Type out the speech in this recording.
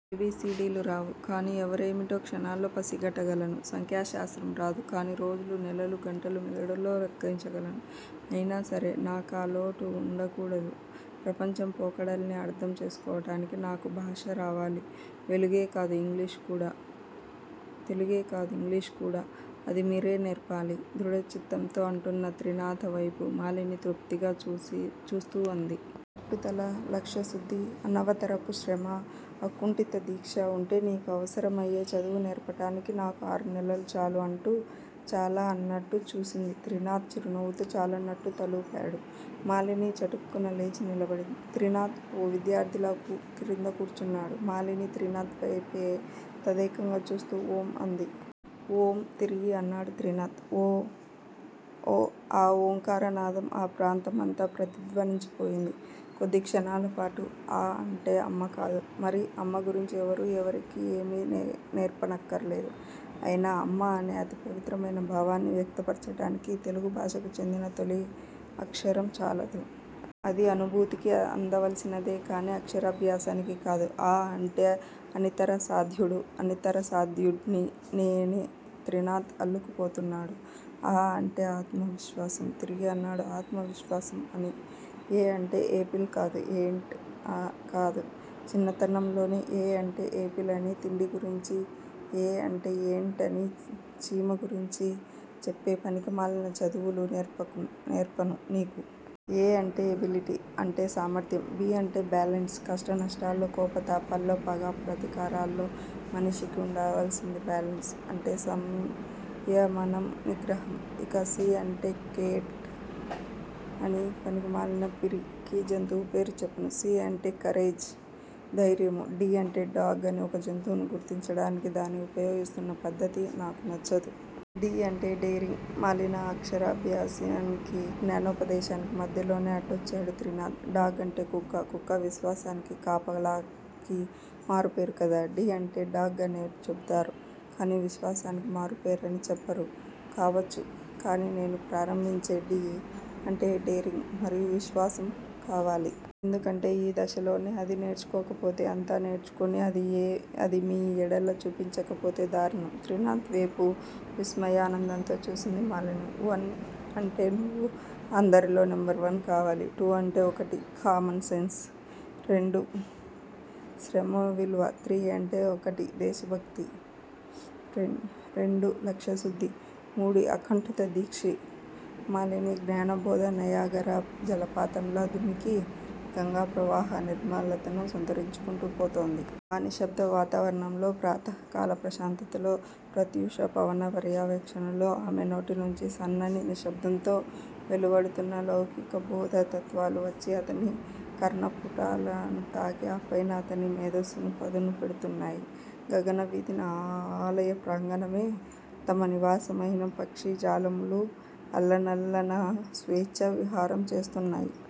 ఏ-బి-సి-డి-లు రావు. కాని ఎవ్వరేమిటో క్షణాల్లో పసిగట్టగలను. సంఖ్యా శాస్త్రం రాదు. కాని రోజులు- నెలలు- గంటలు- మెదడులో లెక్కించగలను. అయినాసరే నాకా లోటు వుండకూడదు. ప్రపంచం పోకడల్ని అర్ధం చేసుకోవటానికి నాకు భాషరావాలి. తెలుగే కాదు ఇంగ్లీషు కూడా. అది మీరే నేర్పాలి- దృఢచిత్తంతో అంటున్న త్రినాథవైపు మాలిని తృప్తిగా చూస్తూ అంది. పట్టుదల, లక్ష్యశుద్ధి, అనవరతపు శ్రమ, అకుంటిత దీక్ష వుంటే నీకు అవసరమయ్యే చదువు నేర్పటానికి నాకు ఆరునెలలు చాలు- అంటూ చాలా అన్నట్టు చూసింది. త్రినాథ్ చిరునవ్వుతో చాలన్నట్టు తలూపాడు. మాలిని చటుక్కున లేచి నిలబడింది. త్రినాథ్ ఓ విద్యార్ధిలా క్రింద కూర్చున్నాడు. మాలిని త్రినాథ్ వేపే తదేకంగా చూస్తూ ఓం- అంది. ఓం- తిరిగి అన్నాడు త్రినాథ్- ఆ ఓంకారనాదం ఆ ప్రాంతమంతా ప్రతిధ్వనించిపోయింది కొద్దిక్షణాలపాటు. అ అంటే అమ్మకాదు మరి-? అమ్మ గురించి ఎవరూ ఎవరికీ ఏమీ నేర్పక్కర్లేదు. అయినా 'అమ్మ' అనే అతి పవిత్రమైన భావాన్ని వ్యక్తపర్చటానికి తెలుగు భాషకు చెందిన తొలి అక్షరం చాలదు. అది అనుభూతికి అందవలసినదే కాని అక్షరాభ్యాసానికి కాదు. 'అ' అంటే అనితరసాధ్యుడు- అనితరసాధ్యుడ్ని నేనే త్రినాథ్ అల్లుకుపోతున్నాడు. అ- అంటే ఆత్మవిశ్వాసం. తిరిగి అన్నాడు ఆత్మవిశ్వాసం అని. ఎ అంటే ఏపిల్ కాదు. ఏంట్ కాదు. చిన్నతనంలోనే 'ఏ' అంటే ఏపిల్ అని తిండి గురించి, ఏ అంటే ఏంటని చీమ గురించి చెప్పే పనికిమాలిన చదువులు నేర్పను నీకు. 'ఏ' అంటే ఎబిలిటి. అంటే సామర్ధ్యం. 'బి' అంటే బ్యాలన్స్. కష్టనష్టాల్లో, కోపతాపాల్లో, పగ, ప్రతీకారాల్లో మనిషికి ఉండవల్సింది బ్యాలన్స్. అంటే సంయమనం, నిగ్రహం. ఇక 'సి' అంటే కేట్ అని పనికిమాలిన పిరికి జంతువు పేరు చెప్పను. 'సి' అంటే కరేజ్. ధైర్యము. 'డి' అంటే డాగ్ అని ఒక జంతువును గుర్తించటానికే దాన్ని ఉపయోగిస్తున్న పద్ధతి నాకు నచ్చదు. 'డి' అంటే డేరింగ్ మాలిని అక్షరాభ్యాసానికి, జ్ఞానోపదేశానికి మధ్యలోనే అడ్డొచ్చాడు త్రినాథ్. డాగ్ అంటే కుక్క. కుక్క విశ్వాసానికి, కాపలాకి మారుపేరు కదా? డి అంటే డాగ్ అనే చెబుతారు కాని విశ్వాసానికి మారుపేరని చెప్పరు. కావచ్చు. కాని నేను ప్రారంభించే 'డి' అంటే డేరింగ్ మరియు విశ్వాసం కావాలి. ఎందుకంటే, ఈ దశలోనే అది నేర్చుకోకపోతే అంతా నేర్చుకుని అది మీ ఎడల చూపించకపోతే దారుణం. త్రినాథ్ వేపు విస్మయానందంతో చూసింది మాలిని. ఒన్ అంటే నువ్వు అందరిలో నెంబర్ వన్ కావాలి. టూ అంటే ఒకటి కామన్ సెన్స్, రెండు శ్రమ విలువ, త్రీ అంటే ఒకటి దేశభక్తి, రెండు లక్ష్యశుద్ధి, మూడి అకుంఠిత దీక్ష మాలిని జ్ఞానబోధ నయాగరా జలపాతంలా దుమికి, గంగా ప్రవాహ నిర్మలతను సంతరించుకుంటూ పోతోంది. ఆ నిశ్శబ్ద వాతావరణంలో ప్రాతఃకాల ప్రశాంతతలో, ప్రత్యూష పవన పర్యవేక్షణలో ఆమె నోటినుంచి సన్నని శబ్దంతో వెలువడుతున్న లౌకిక బోధ తత్వాలు వచ్చి అతని కర్ణపుటాలను తాకి ఆ పైన అతని మేధస్సును పదును పెడుతున్నాయి. గగన వీధిన ఆ ఆలయ ప్రాంగణమే తమ నివాసమైన పక్షి జాలములు అల్లనల్లన స్వేచ్చా విహారం చేస్తున్నాయ్.